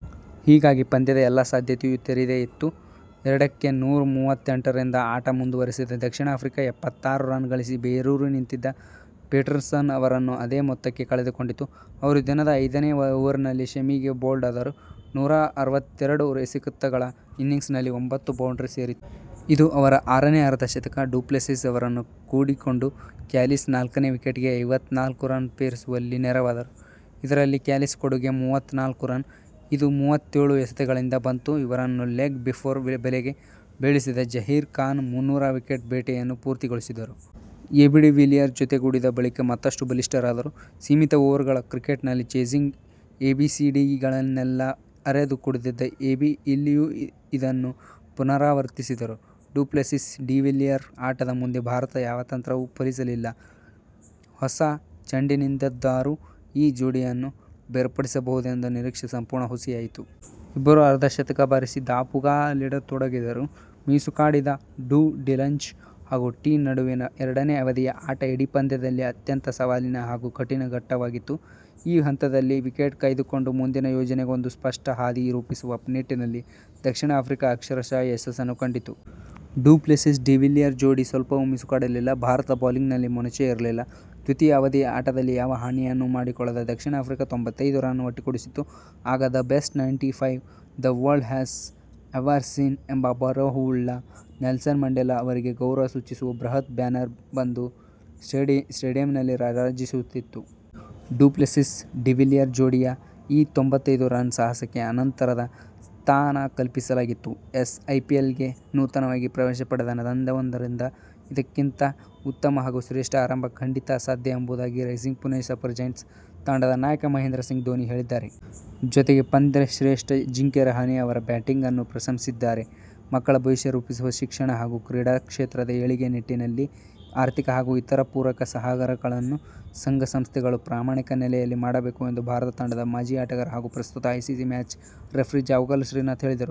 ಹೀಗಾಗಿ ಪಂದ್ಯದ ಎಲ್ಲ ಸಾಧ್ಯತೆಯೂ ತೆರೆದೇ ಇತ್ತು. ಎರಡಕ್ಕೆ ನೂರ ಮೂವತ್ತೆಂಟರಿಂದ ಆಟ ಮುಂದುವರಿಸಿದ ದಕ್ಷಿಣ ಆಫ್ರಿಕಾ, ಎಪ್ಪತ್ತಾರು ರನ್ ಗಳಿಸಿ ಬೇರೂರಿ ನಿಂತಿದ್ದ ಪೀಟರ್ಸನ್ ಅವರನ್ನು ಅದೇ ಮೊತ್ತಕ್ಕೆ ಕಳೆದುಕೊಂಡಿತು. ಅವರು ದಿನದ ಐದನೇ ಓವರಿನಲ್ಲಿ ಶಮಿಗೆ ಬೌಲ್ಡ್ ಆದರು. ನೂರ ಅರವತ್ತೆರಡು ಎಸೆತಗಳ ಇನ್ನಿಂಗ್ಸ್ನಲ್ಲಿ ಒಂಭತ್ತು ಬೌಂಡರಿ ಸೇರಿತ್ತು. ಇದು ಅವರ ಆರನೇ ಅರ್ಧ ಶತಕ. ಡುಪ್ಲೆಸಿಸ್ ಅವರನ್ನು ಕೂಡಿಕೊಂಡ ಕ್ಯಾಲಿಸ್ ನಾಲ್ಕನೇ ವಿಕೆಟಿಗೆ ಐವತ್ತ ನಾಲ್ಕು ರನ್ ಪೇರಿಸುವಲ್ಲಿ ನೆರವಾದರು. ಇದರಲ್ಲಿ ಕ್ಯಾಲಿಸ್ ಕೊಡುಗೆ ಮೂವತ್ತ ನಾಲ್ಕು ರನ್. ಇದು ಮೂವತ್ತೆಳು ಎಸೆತಗಳಿಂದ ಬಂತು. ಇವರನ್ನು ಲೆಗ್ ಬಿಫೋರ್ ಬಲೆಗೆ ಬೀಳಿಸಿದ ಜಹೀರ್ ಖಾನ್ ಮುನ್ನೂರು ವಿಕೆಟ್ ಬೇಟೆಯನ್ನು ಪೂರ್ತಿಗೊಳಿಸಿದರು. ಎಬಿ ಡಿ ವಿಲಿಯರ್ ಜತೆಗೂಡಿದ ಬಳಿಕ ಮತ್ತಷ್ಟು ಬಲಿಷ್ಠರಾದರು. ಸೀಮಿತ ಓವರ್ಗಳ ಕ್ರಿಕೆಟ್ನಲ್ಲಿ ಚೇಸಿಂಗ್ ಎಬಿಸಿಡಿಗಳನ್ನೆಲ್ಲ ಅರೆದು ಕುಡಿದಿದ್ದ ಎಬಿ ಇಲ್ಲಿಯೂ ಇದನ್ನು ಪುನರಾವರ್ತಿಸಿದರು. ಡು ಪ್ಲೆಸಿಸ್-ಡಿ ವಿಲಿಯರ್ ಆಟದ ಮುಂದೆ ಭಾರತದ ಯಾವ ತಂತ್ರಗಳೂ ಫಲಿಸಲಿಲ್ಲ. ಹೊಸ ಚೆಂಡಿನಿಂದಾದರೂ ಈ ಜೋಡಿಯನ್ನು ಬೇರ್ಪಡಿಸಬಹುದೆಂಬ ನಿರೀಕ್ಷೆ ಸಂಪೂರ್ಣ ಹುಸಿಯಾಯಿತು. ಇಬ್ಬರೂ ಅರ್ಧ ಶತಕ ಬಾರಿಸಿ ದಾಪುಗಾಲಿಡತೊಡಗಿದರು. ಮಿಸುಕಾಡದ ಡು-ಡಿಲಂಚ್ ಹಾಗೂ ಟೀ ನಡುವಿನ ಎರಡನೇ ಅವಧಿಯ ಆಟ ಇಡೀ ಪಂದ್ಯದಲ್ಲೇ ಅತ್ಯಂತ ಸವಾಲಿನ ಹಾಗೂ ಕಠಿನ ಘಟ್ಟವಾಗಿತ್ತು. ಈ ಹಂತದಲ್ಲಿ ವಿಕೆಟ್ ಕಾಯ್ದುಕೊಂಡು ಮುಂದಿನ ಯೋಜನೆಗೊಂದು ಸ್ಪಷ್ಟ ಹಾದಿ ರೂಪಿಸುವ ನಿಟ್ಟಿನಲ್ಲಿ ದಕ್ಷಿಣ ಆಫ್ರಿಕಾ ಅಕ್ಷರಶಃ ಯಶಸ್ಸು ಕಂಡಿತು. ಡು ಪ್ಲೆಸಿಸ್- ಡಿ ವಿಲಿಯರ್ ಜೋಡಿ ಸ್ವಲ್ಪವೂ ಮಿಸುಕಾಡಲಿಲ್ಲ. ಭಾರತದ ಬೌಲಿಂಗ್ನಲ್ಲಿ ಮೊನಚೇ ಇರಲಿಲ್ಲ. ದ್ವಿತೀಯ ಅವಧಿಯ ಆಟದಲ್ಲಿ ಯಾವ ಹಾನಿಯನ್ನೂ ಮಾಡಿಕೊಳ್ಳದ ದಕ್ಷಿಣ ಆಫ್ರಿಕಾ ತ್ತೊಂಭತ್ತೈದು ರನ್ ಒಟ್ಟುಗೂಡಿಸಿತು. ಆಗ the best ninety five, the world has ever seen'' ಎಂಬ ಬರಹವುಳ್ಳ, ನೆಲ್ಸನ್ ಮಂಡೇಲಾ ಅವರಿಗೆ ಗೌರವ ಸೂಚಿಸುವ ಬೃಹತ್ ಬ್ಯಾನರ್ ಒಂದು ಸ್ಟೇಡಿಯಂನಲ್ಲಿ ರಾರಾಜಿಸುತ್ತಿತ್ತು. ಡು ಪ್ಲೆಸಿಸ್- ಡಿ ವಿಲಿಯರ್ ಜೋಡಿಯ ಈ ತ್ತೊಂಭತ್ತೈದು ರನ್ ಸಾಹಸಕ್ಕೆ ಅನಂತರದ ಸ್ಥಾನ ಕಲ್ಪಿಸಲಾಗಿತ್ತು. ಎಸ್. ಐಪಿಎಲ್ಗೆ ನೂತನವಾಗಿ ಪ್ರವೇಶ ಪಡೆದ ತಂಡವೊಂದರಿಂದ ಇದಕ್ಕಿಂತ ಉತ್ತಮ ಹಾಗೂ ಶ್ರೇಷ್ಠ ಆರಂಭ ಖಂಡಿತ ಅಸಾಧ್ಯ ಎಂಬುದಾಗಿ 'ರೈಸಿಂಗ್ ಪುಣೆ ಸೂಪರ್ ಜಯಂಟ್ಸ್' ತಂಡದ ನಾಯಕ ಮಹೇಂದ್ರ ಸಿಂಗ್ ಧೋನಿ ಹೇಳಿದ್ದಾರೆ. ಜತೆಗೆ ಪಂದ್ಯಶ್ರೇಷ್ಠ ಅಜಿಂಕ್ಯ ರಹಾನೆ ಅವರ ಬ್ಯಾಟಿಂಗನ್ನೂ ಪ್ರಶಂಸಿಸಿದ್ದಾರೆ. ಮಕ್ಕಳ ಭವಿಷ್ಯ ರೂಪಿಸುವ ಶಿಕ್ಷಣ ಹಾಗೂ ಕ್ರೀಡಾ ಕ್ಷೇತ್ರದ ಏಳಿಗೆ ನಿಟ್ಟಿನಲ್ಲಿ ಆರ್ಥಿಕ ಹಾಗೂ ಇತರ ಪೂರಕ ಸಹಕಾರಗಳನ್ನು ಸಂಘ ಸಂಸ್ಥೆಗಳು ಪ್ರಾಮಾಣಿಕ ನೆಲೆಯಲ್ಲಿ ಮಾಡಬೇಕು ಎಂದು ಭಾರತ ತಂಡದ ಮಾಜಿ ಆಟಗಾರ ಹಾಗೂ ಪ್ರಸ್ತುತ ICC match referee Javagal Srinath ಹೇಳಿದರು.